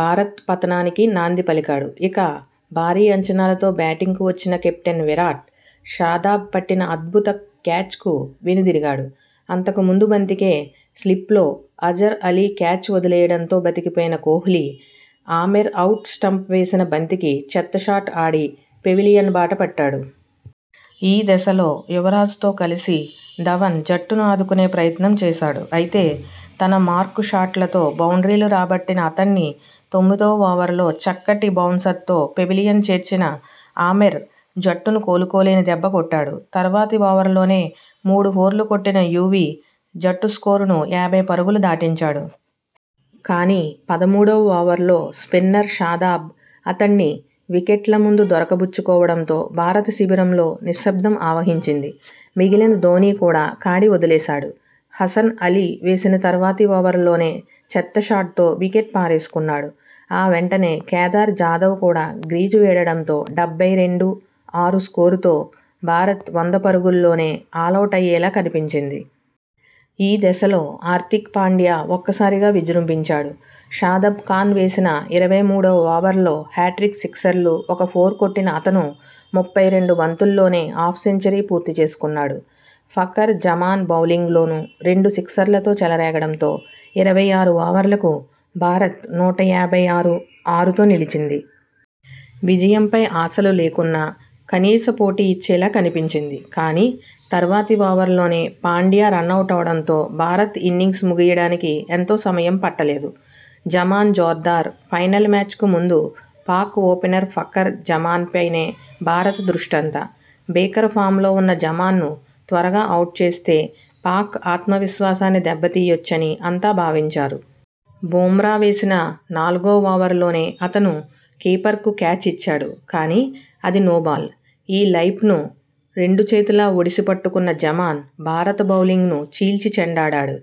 భారత్ పతనానికి నాంది పలికాడు. ఇక, భారీ అంచనాలతో బ్యాటింగ్కు వచ్చిన కెప్టెన్ విరాట్.. షాదాబ్ పట్టిన అద్భుత క్యాచ్కు వెనుదిరిగాడు. అంతకు ముందు బంతికే స్లిప్లో అజర్ అలీ క్యాచ్ వదిలేయడంతో బతికి పోయిన కోహ్లీ, ఆమెర్ అవుట్ స్టంప్పై వేసిన బంతికి చెత్త షాట్ ఆడి పెవిలియన్ బాట పట్టాడు. ఈ దశలో యువరాజ్ తో కలిసి ధవన్ జట్టును ఆదుకునే ప్రయత్నం చేశాడు. అయితే, తన మార్కు షాట్లతో బౌండ్రీలు రాబట్టిన అతణ్ణి తొమ్మిదో ఓవర్లో చక్కటి బౌన్సర్తో పెవిలియన్ చేర్చిన ఆమెర్ జట్టును కోలుకోలేని దెబ్బ కొట్టాడు. తర్వాతి ఓవర్లోనే మూడు ఫోర్లు కొట్టిన యువీ, జట్టు స్కోరును యాభై పరుగులు దాటించాడు. కానీ, పదమూడువ ఓవర్లో స్పిన్నర్ షాదాబ్, అతణ్ణి వికెట్ల ముందు దొరకబుచ్చు కోవడంతో భారత శిబిరంలో నిశ్శబ్దం ఆవహించింది. మిగిలిన ధోనీ కూడా కాడి వదిలేశాడు. హసన్ అలీ వేసిన తర్వాతి ఓవర్లోనే చెత్త షాట్తో వికెట్ పారేసుకున్నాడు. ఆ వెంటనే కేదార్ జాదవ్ కూడా క్రీజు వీడడంతో డెబ్బై రెండు, ఆరు స్కోరుతో భారత్ వంద పరుగుల్లోనే ఆలౌటయ్యేలా కనిపించింది. ఈ దశలో హార్దిక్ పాండ్యా ఒక్క సారిగా విజృంభించాడు. షాదాబ్ ఖాన్ వేసిన ఇరవై మూడువ ఓవర్లో హ్యాట్రిక్ సిక్సర్లు, ఒక ఫోర్ కొట్టిన అతను ముప్పై రెండు బంతుల్లోనే హాఫ్ సెంచరీ పూర్తి చేసుకున్నాడు. ఫఖర్ జమాన్ బౌలింగ్లోనూ రెండు సిక్సర్లతో చెలరేగడంతో ఇరవై ఆరు ఓవర్లకు భారత్ నూట యాభై ఆరు, ఆరుతో నిలిచింది. విజయంపై ఆశలు లేకున్నా, కనీస పోటీ ఇచ్చేలా కనిపించింది. కానీ, తర్వాతి ఓవర్లోనే పాండ్యా రనౌటవడంతో భారత్ ఇన్నింగ్స్ ముగియడానికి ఎంతో సమయం పట్ట లేదు. జమాన్ జోర్దార్, ఫైనల్ మ్యాచ్కు ముందు పాక్ ఓపెనర్ ఫఖర్ జమాన్పైనే భారత దృష్టంతా. భీకర ఫామ్లో ఉన్న జమాన్ను త్వరగా అవుట్ చేస్తే పాక్ ఆత్మ విశ్వాసాన్ని దెబ్బ తీయొచ్చని అంతా భావించారు. బుమ్రా వేసిన నాలుగో ఓవర్లోనే అతను కీపర్కు క్యాచ్ ఇచ్చాడు. కానీ, అది నోబాల్. ఈ లైఫ్ను రెండు చేతులా ఒడిసి పట్టుకున్న జమాన్, భారత బౌలింగ్ను చీల్చి చెండాడాడు.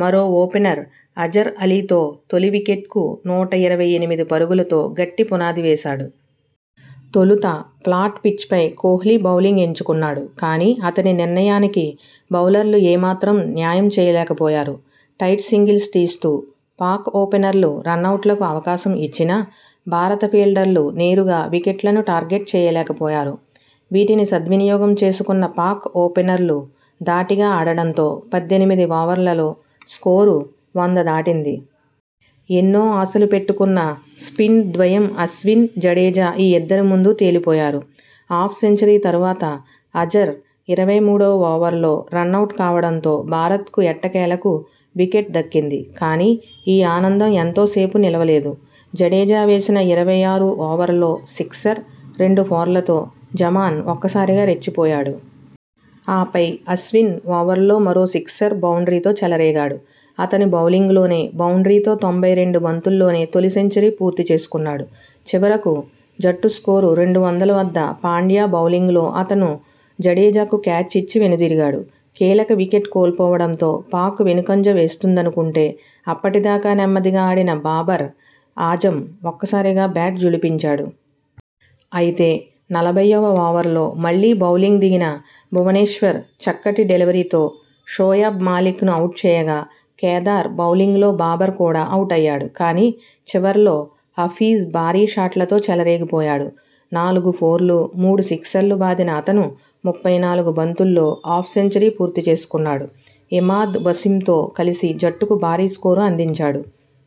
మరో ఓపెనర్ అజర్ అలీతో తొలి వికెట్కు నూట ఇరవై ఎనిమిది పరుగులతో గట్టి పునాది వేశాడు. తొలుత ఫ్లాట్ పిచ్పై కోహ్లీ బౌలింగ్ ఎంచుకున్నాడు. కానీ, అతని నిర్ణయానికి బౌలర్లు ఏ మాత్రం న్యాయం చేయలేక పోయారు. టైట్ సింగిల్స్ తీస్తూ పాక్ ఓపెనర్లు రనౌట్లకు అవకాశం ఇచ్చినా, భారత ఫీల్డర్లు నేరుగా వికెట్లను టార్గెట్ చేయలేకపోయారు. వీటిని సద్వినియోగం చేసుకున్న పాక్ ఓపెనర్లు ధాటిగా ఆడడంతో పద్దెనిమిది ఓవర్లలో స్కోరు వంద దాటింది. ఎన్నో ఆశలు పెట్టుకున్న స్పిన్ ద్వయం అశ్విన్, జడేజా ఈ ఇద్దరి ముందు తేలి పోయారు. హాఫ్ సెంచరీ తర్వాత అజర్, ఇరవై మూడువ ఓవర్లో రనౌట్ కావడంతో భారత్కు ఎట్టకేలకు వికెట్ దక్కింది. కానీ, ఈ ఆనందం ఎంతో సేపు నిలువలేదు. జడేజా వేసిన ఇరవై ఆరు ఓవర్లో సిక్సర్, రెండు ఫోర్లతో జమాన్ ఒక్క సారిగా రెచ్చి పోయాడు. ఆపై, అశ్విన్ ఓవర్లో మరో సిక్సర్, బౌండ్రీతో చెలరేగాడు. అతని బౌలింగ్లోనే బౌండ్రీతో తొంభై రెండు బంతుల్లోనే తొలి సెంచరీ పూర్తి చేసుకున్నాడు. చివరకు జట్టు స్కోరు రెండు వందల వద్ద పాండ్యా బౌలింగ్లో అతను జడేజాకు క్యాచ్ ఇచ్చి వెను దిరిగాడు. కీలక వికెట్ కోల్పోవడంతో పాక్ వెనుకంజ వేస్తుందనుకుంటే, అప్పటి దాకా నెమ్మదిగా ఆడిన బాబర్ ఆజమ్ ఒక్క సారిగా బ్యాట్ ఝుళిపించాడు. అయితే, నలభైవ ఓవర్లో మళ్లీ బౌలింగ్ దిగిన భువనేశ్వర్ చక్కటి డెలివరీతో షోయబ్ మాలిక్ ను అవుట్ చేయగా, కేదార్ బౌలింగ్లో బాబర్ కూడా అవుటయ్యాడు. కానీ, చివర్లో హఫీజ్ భారీ షాట్లతో చెలరేగి పోయాడు. నాలుగు ఫోర్లు, మూడు సిక్సర్లు బాదిన అతను ముప్పై నాలుగు బంతుల్లో హాఫ్ సెంచరీ పూర్తి చేసుకున్నాడు. ఇమాద్ వసీం తో కలిసి జట్టుకు భారీ స్కోరు అందించాడు.